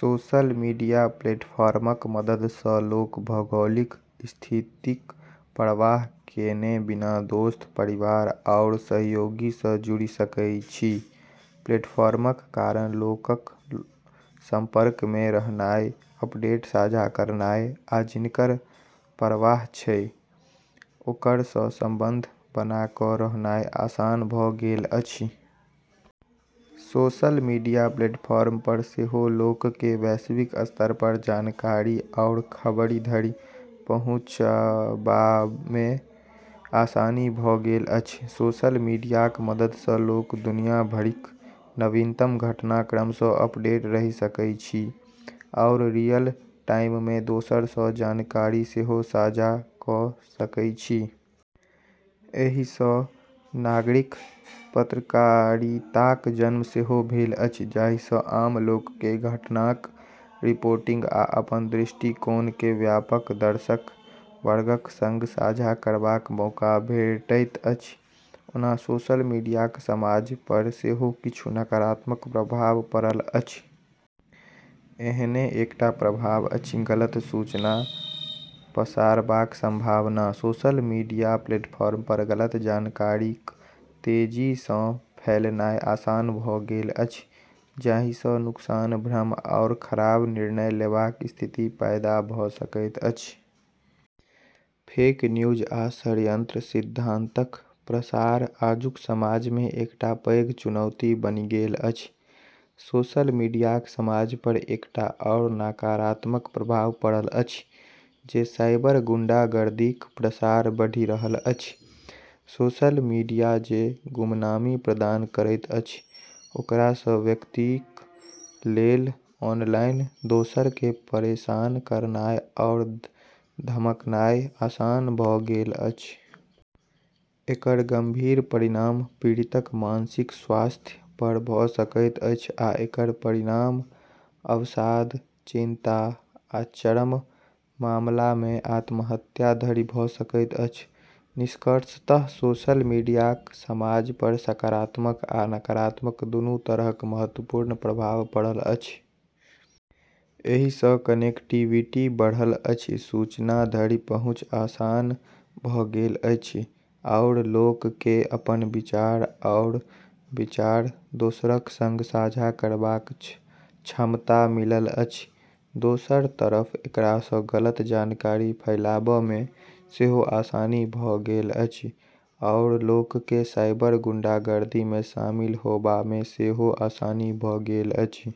Social media प्लेटफॉर्मक मदद सँ लोक भौगोलिक स्थितिक परवाह केने बिना दोस्त, परिवार, आओर सहयोगी सँ जुड़ि सकैछी। प्लेटफॉर्मक कारण लोकक संपर्कमे रहनाइ, अपडेट साझा करनाइ, आ जिनकर परवाह छै ओकरा सँ संबंध बना क’ रखनाइ आसान भ’ गेल अछि। सोशल मीडिया प्लेटफॉर्म पर सेहो लोककेँ वैश्विक स्तर पर जानकारी आओर खबरि धरि पहुँछबामे आसानी भ’ गेल अछि। सोशल मीडियाक मदद सँ लोक दुनिया भरिक नवीनतम घटनाक्रम सँ अपडेट रहि सकैछी, आओर रियल टाइममे दोसर सँ जानकारी सेहो साझा क’ सकैछी। एहि सँ नागरिक पत्रकारिताक जन्म सेहो भेल अछि, जाहि सँ आम लोककेँ घटनाक रिपोर्टिंग आ अपन दृष्टिकोणकेँ व्यापक दर्शक वर्गक संग साझा करबाक मौका भेटैत अछि। ओना सोशल मीडियाक समाज पर सेहो किछु नकारात्मक प्रभाव पड़ल अछि। एहने एकटा प्रभाव अछि गलत सूचना पसारबाक संभावना। सोशल मीडिया प्लेटफॉर्म पर गलत जानकारीक तेजी सँ फैलनाइ आसान भ’ गेल अछि, जाहि सँ नुकसान, भ्रम आओर खराब निर्णय लेबाक स्थिति पैदा भ’ सकैत अछि। फेक न्यूज आ षड्यंत्र सिद्धांतक प्रसार आजुक समाजमे एकटा पैघ चुनौती बनि गेल अछि। सोशल मीडियाक समाज पर एकटा आओर नकारात्मक प्रभाव पड़ल अछि जे साइबर गुंडागर्दीक प्रसार बढ़ि रहल अछि। सोशल मीडिया जे गुमनामी प्रदान करैत अछि, ओकरा सँ व्यक्तिक लेल ऑनलाइन दोसरकेँ परेशान करनाइ आओर धमकनाइ आसान भ’ गेल अछि। एकर गंभीर परिणाम पीड़ितक मानसिक स्वास्थ्य पर भ’ सकैत अछि आ एकर परिणाम अवसाद, चिंता आ चरम मामलामे आत्महत्या धरि भ’ सकैत अछि। निष्कर्षतः सोशल मीडियाक समाज पर सकारात्मक आ नकारात्मक दुनू तरहक महत्वपूर्ण प्रभाव पड़ल अछि। एहि सँ कनेक्टिविटी बढ़ल अछि, सूचना धरि पहुँच आसान भ’ गेल अछि आओर लोककेँ अपन विचार आओर विचार दोसरक संग साझा करबाक क्षमता मिलल अछि। दोसर तरफ एकरा सँ गलत जानकारी फैलाबामे सेहो आसानी भ’ गेल अछि, आओर लोककेँ साइबर गुंडागर्दीमे शामिल होबामे सेहो आसानी भ’ गेल अछि।